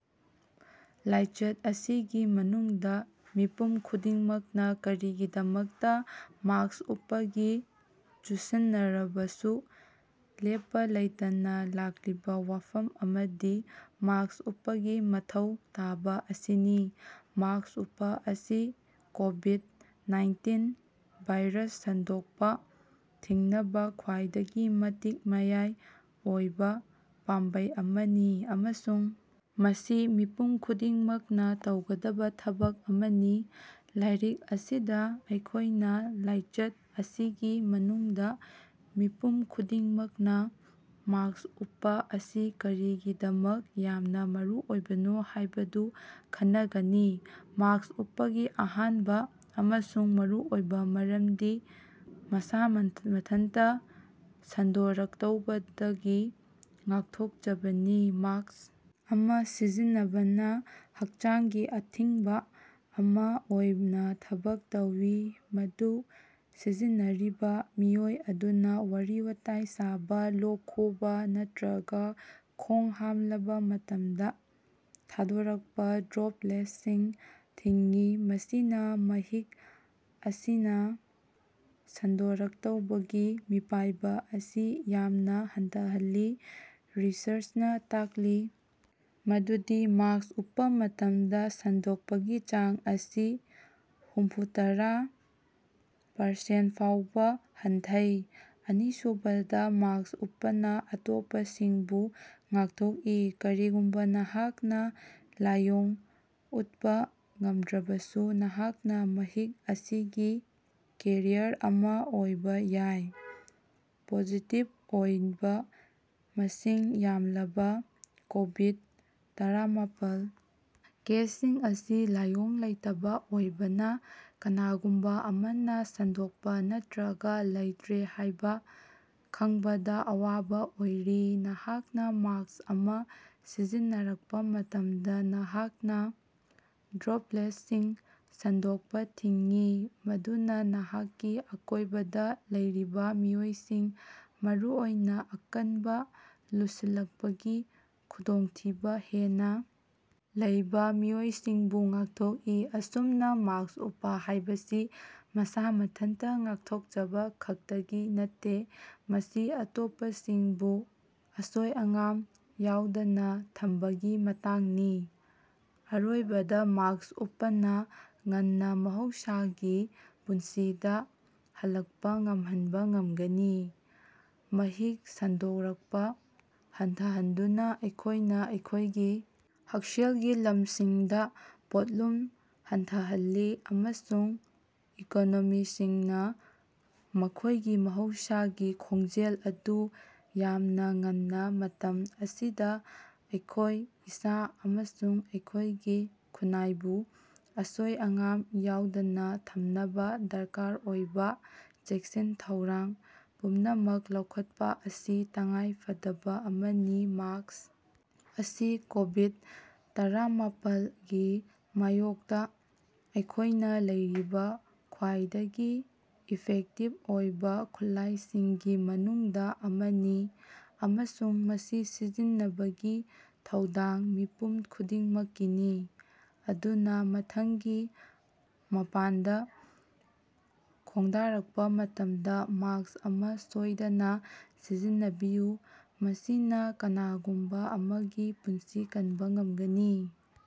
ꯂꯥꯏꯆꯠ ꯑꯁꯤꯒꯤ ꯃꯅꯨꯡꯗ ꯃꯤꯄꯨꯝ ꯈꯨꯗꯤꯡꯃꯛꯅ ꯀꯔꯤꯒꯤꯗꯃꯛꯇ ꯃꯥꯁ꯭ꯛ ꯎꯞꯄꯒꯤ ꯆꯨꯁꯤꯟꯅꯔꯕꯁꯨ ꯂꯦꯞꯄ ꯂꯩꯇꯅ ꯂꯦꯛꯂꯤꯕ ꯋꯥꯐꯝ ꯑꯃꯗꯤ ꯃꯥꯁ꯭ꯛ ꯎꯞꯄꯒꯤ ꯃꯊꯧ ꯇꯥꯕ ꯑꯁꯤꯅꯤ꯫ ꯃꯥꯁ꯭ꯛ ꯎꯞꯄ ꯑꯁꯤ ꯀꯣꯕꯤꯗ-ꯅꯥꯏꯟꯇꯤꯟ ꯚꯥꯏꯔꯁ ꯁꯟꯗꯣꯛꯄ ꯊꯤꯡꯅꯕ ꯈ꯭ꯋꯥꯏꯗꯒꯤ ꯃꯇꯤꯛ ꯃꯌꯥꯏ ꯑꯣꯏꯕ ꯄꯥꯝꯕꯩ ꯑꯃꯅꯤ, ꯑꯃꯁꯨꯡ ꯃꯁꯤ ꯃꯤꯄꯨꯝ ꯈꯨꯗꯤꯡꯃꯛꯅ ꯇꯧꯒꯗꯕ ꯊꯕꯛ ꯑꯃꯅꯤ꯫ ꯂꯥꯏꯔꯤꯛ ꯑꯁꯤꯗ ꯑꯩꯈꯣꯏꯅ ꯂꯥꯏꯆꯠ ꯑꯁꯤꯒꯤ ꯃꯅꯨꯡꯗ ꯃꯤꯄꯨꯝ ꯈꯨꯗꯤꯡꯃꯛꯅ ꯃꯥꯁ꯭ꯛ ꯎꯞꯄ ꯑꯁꯤ ꯀꯔꯤꯒꯤꯗꯃꯛ ꯌꯥꯝꯅ ꯃꯔꯨꯑꯣꯏꯕꯅꯣ ꯍꯥꯏꯕꯗꯨ ꯈꯟꯅꯒꯅꯤ꯫ ꯃꯥꯁ꯭ꯛ ꯎꯞꯄꯒꯤ ꯑꯍꯥꯟꯕ ꯑꯃꯁꯨꯡ ꯃꯔꯨꯑꯣꯏꯕ ꯃꯔꯝꯗꯤ ꯃꯁꯥ ꯃꯊꯟꯇ ꯁꯟꯗꯣꯔꯛꯇꯧꯕꯗꯒꯤ ꯉꯥꯛꯊꯣꯛꯆꯕꯅꯤ꯫ ꯃꯥꯁ꯭ꯛ ꯑꯃ ꯁꯤꯖꯤꯟꯅꯕꯅ ꯍꯛꯆꯥꯡꯒꯤ ꯑꯊꯤꯡꯕ ꯑꯃ ꯑꯣꯏꯅ ꯊꯕꯛ ꯇꯧꯏ, ꯃꯗꯨ ꯁꯤꯖꯤꯟꯅꯔꯤꯕ ꯃꯤꯑꯣꯏ ꯑꯗꯨꯅ ꯋꯥꯔꯤ-ꯋꯥꯇꯥꯏ ꯁꯥꯕ, ꯂꯣꯛ ꯈꯨꯕ ꯅꯠꯇ꯭ꯔꯒ ꯈꯣꯡ ꯍꯥꯝꯂꯕ ꯃꯇꯝꯗ ꯊꯥꯗꯣꯔꯛꯄ ꯗ꯭ꯔꯣꯄꯂꯦꯠꯁꯤꯡ ꯊꯤꯡꯏ꯫ ꯃꯁꯤꯅ ꯃꯍꯤꯛ ꯑꯁꯤꯅ ꯁꯟꯗꯣꯔꯛꯇꯧꯕꯒꯤ ꯃꯤꯄꯥꯏꯕ ꯑꯁꯤ ꯌꯥꯝꯅ ꯍꯟꯊꯍꯜꯂꯤ꯫ ꯔꯤꯁꯔꯆꯅ ꯇꯥꯛꯂꯤ ꯃꯗꯨꯗꯤ ꯃꯥꯁ꯭ꯛ ꯎꯞꯄ ꯃꯇꯝꯗ ꯁꯟꯗꯣꯛꯄꯒꯤ ꯆꯥꯡ ꯑꯁꯤ ꯍꯨꯝꯐꯨꯇꯔꯥ ꯄꯥꯔꯁꯦꯟꯠ ꯐꯥꯑꯎꯕ ꯍꯟꯊꯩ꯫ ꯑꯅꯤꯁꯨꯕꯗ, ꯃꯥꯁ꯭ꯛ ꯎꯞꯄꯅ ꯑꯇꯣꯞꯄꯁꯤꯡꯕꯨ ꯉꯥꯛꯊꯣꯛꯏ꯫ ꯀꯔꯤꯒꯨꯝꯕ ꯅꯍꯥꯛꯅ ꯂꯥꯏꯑꯣꯡ ꯎꯠꯄ ꯉꯝꯗ꯭ꯔꯕꯁꯨ, ꯅꯍꯥꯛꯅ ꯃꯍꯤꯛ ꯑꯁꯤꯒꯤ ꯀꯦꯔꯤꯌꯔ ꯑꯃ ꯑꯣꯏꯕ ꯌꯥꯏ꯫ ꯄꯣꯖꯤꯇꯤꯕ ꯑꯣꯏꯕ ꯃꯁꯤꯡ ꯌꯥꯝꯂꯕ ꯀꯣꯕꯤꯗ-ꯇꯔꯥꯃꯥꯄꯜ ꯀꯦꯁꯁꯤꯡ ꯑꯁꯤ ꯂꯥꯏꯑꯣꯡ ꯂꯩꯇꯕ ꯑꯣꯏꯕꯅ ꯀꯅꯥꯒꯨꯝꯕ ꯑꯃꯅ ꯁꯟꯗꯣꯛꯄ꯭ꯔ ꯅꯠꯇ꯭ꯔꯒ ꯂꯩꯇ꯭ꯔꯦ ꯍꯥꯏꯕ ꯈꯪꯕꯗ ꯑꯋꯥꯕ ꯑꯣꯏꯔꯤ꯫ ꯅꯍꯥꯛꯅ ꯃꯥꯁ꯭ꯛ ꯑꯃ ꯁꯤꯖꯤꯟꯅꯔꯛꯄ ꯃꯇꯝꯗ, ꯅꯍꯥꯛꯅ ꯗ꯭ꯔꯣꯄꯂꯦꯠꯁꯤꯡ ꯁꯟꯗꯣꯛꯄ ꯊꯤꯡꯏ, ꯃꯗꯨꯅ ꯅꯍꯥꯛꯀꯤ ꯑꯀꯣꯏꯕꯗ ꯂꯩꯔꯤꯕ ꯃꯤꯑꯣꯏꯁꯤꯡ, ꯃꯔꯨꯑꯣꯏꯅ ꯑꯀꯟꯕ ꯂꯨꯁꯤꯜꯂꯛꯄꯒꯤ ꯈꯨꯗꯣꯡꯊꯤꯕ ꯍꯦꯟꯅ ꯂꯩꯕ ꯃꯤꯑꯣꯏꯁꯤꯡꯕꯨ ꯉꯥꯛꯊꯣꯛꯏ꯫ ꯑꯁꯨꯝꯅ, ꯃꯥꯁ꯭ꯛ ꯎꯞꯄ ꯍꯥꯏꯕꯁꯤ ꯃꯁꯥ ꯃꯊꯟꯇ ꯉꯥꯛꯊꯣꯛꯆꯕ ꯈꯛꯇꯒꯤ ꯅꯠꯇꯦ, ꯃꯁꯤ ꯑꯇꯣꯞꯄꯁꯤꯡꯕꯨ ꯑꯁꯣꯏ ꯑꯉꯥꯝ ꯌꯥꯑꯣꯗꯅ ꯊꯝꯕꯒꯤ ꯃꯇꯥꯡꯅꯤ꯫ ꯑꯔꯣꯏꯕꯗ ꯃꯥꯁ꯭ꯛ ꯎꯞꯄꯅ ꯉꯟꯅ ꯃꯍꯧꯁꯥꯒꯤ ꯄꯨꯟꯁꯤꯗ ꯍꯜꯂꯛꯄ ꯉꯝꯍꯟꯕ ꯉꯝꯒꯅꯤ꯫ ꯃꯍꯤꯛ ꯁꯟꯗꯣꯔꯛꯄ ꯍꯟꯊꯍꯟꯗꯨꯅ ꯑꯩꯈꯣꯏꯅ ꯑꯩꯈꯣꯏꯒꯤ ꯍꯛꯁꯦꯜꯒꯤ ꯂꯝꯁꯤꯡꯗ ꯄꯣꯠꯂꯨꯝ ꯍꯟꯊꯍꯜꯂꯤ, ꯑꯃꯁꯨꯡ ꯏꯀꯣꯅꯣꯃꯤꯁꯤꯡꯅ ꯃꯈꯣꯏꯒꯤ ꯃꯍꯧꯁꯥꯒꯤ ꯈꯣꯡꯖꯦꯜ ꯑꯗꯨ ꯌꯥꯝꯅ ꯉꯟꯅ ꯃꯇꯝ ꯑꯁꯤꯗ, ꯑꯩꯈꯣꯏ ꯏꯁꯥ ꯑꯃꯁꯨꯡ ꯑꯩꯈꯣꯏꯒꯤ ꯈꯨꯟꯅꯥꯏꯕꯨ ꯑꯁꯣꯏ ꯑꯉꯥꯝ ꯌꯥꯑꯣꯗꯅ ꯊꯝꯅꯕ ꯗꯔꯀꯥꯔ ꯑꯣꯏꯕ ꯆꯦꯛꯁꯤꯟ ꯊꯧꯔꯥꯡ ꯄꯨꯝꯅꯃꯛ ꯂꯧꯈꯠꯄ ꯑꯁꯤ ꯇꯉꯥꯏꯐꯗꯕ ꯑꯃꯅꯤ꯫ ꯃꯥꯁ꯭ꯛ ꯑꯁꯤ ꯀꯣꯕꯤꯗ- ꯇꯔꯥꯃꯥꯄꯜ ꯒꯤ ꯃꯥꯌꯣꯛꯇ ꯑꯩꯈꯣꯏꯅ ꯂꯩꯔꯤꯕ ꯈ꯭ꯋꯥꯏꯗꯒꯤ ꯏꯐꯦꯛꯇꯤꯕ ꯑꯣꯏꯕ ꯈꯨꯠꯂꯥꯏꯁꯤꯡꯒꯤ ꯃꯅꯨꯡꯗ ꯑꯃꯅꯤ, ꯑꯃꯁꯨꯡ ꯃꯁꯤ ꯁꯤꯖꯤꯟꯅꯕꯒꯤ ꯊꯧꯗꯥꯡ ꯃꯤꯄꯨꯝ ꯈꯨꯗꯤꯡꯃꯛꯀꯤꯅꯤ꯫ ꯑꯗꯨꯅ ꯃꯊꯪꯒꯤ ꯃꯄꯥꯟꯗ ꯈꯣꯡꯗꯥꯔꯛꯄ ꯃꯇꯝꯗ, ꯃꯥꯁ꯭ꯛ ꯑꯃ ꯁꯣꯏꯗꯅ ꯁꯤꯖꯤꯟꯅꯕꯤꯌꯨ – ꯃꯁꯤꯅ ꯀꯅꯥꯒꯨꯝꯕ ꯑꯃꯒꯤ ꯄꯨꯟꯁꯤ ꯀꯟꯕ ꯉꯝꯒꯅꯤ꯫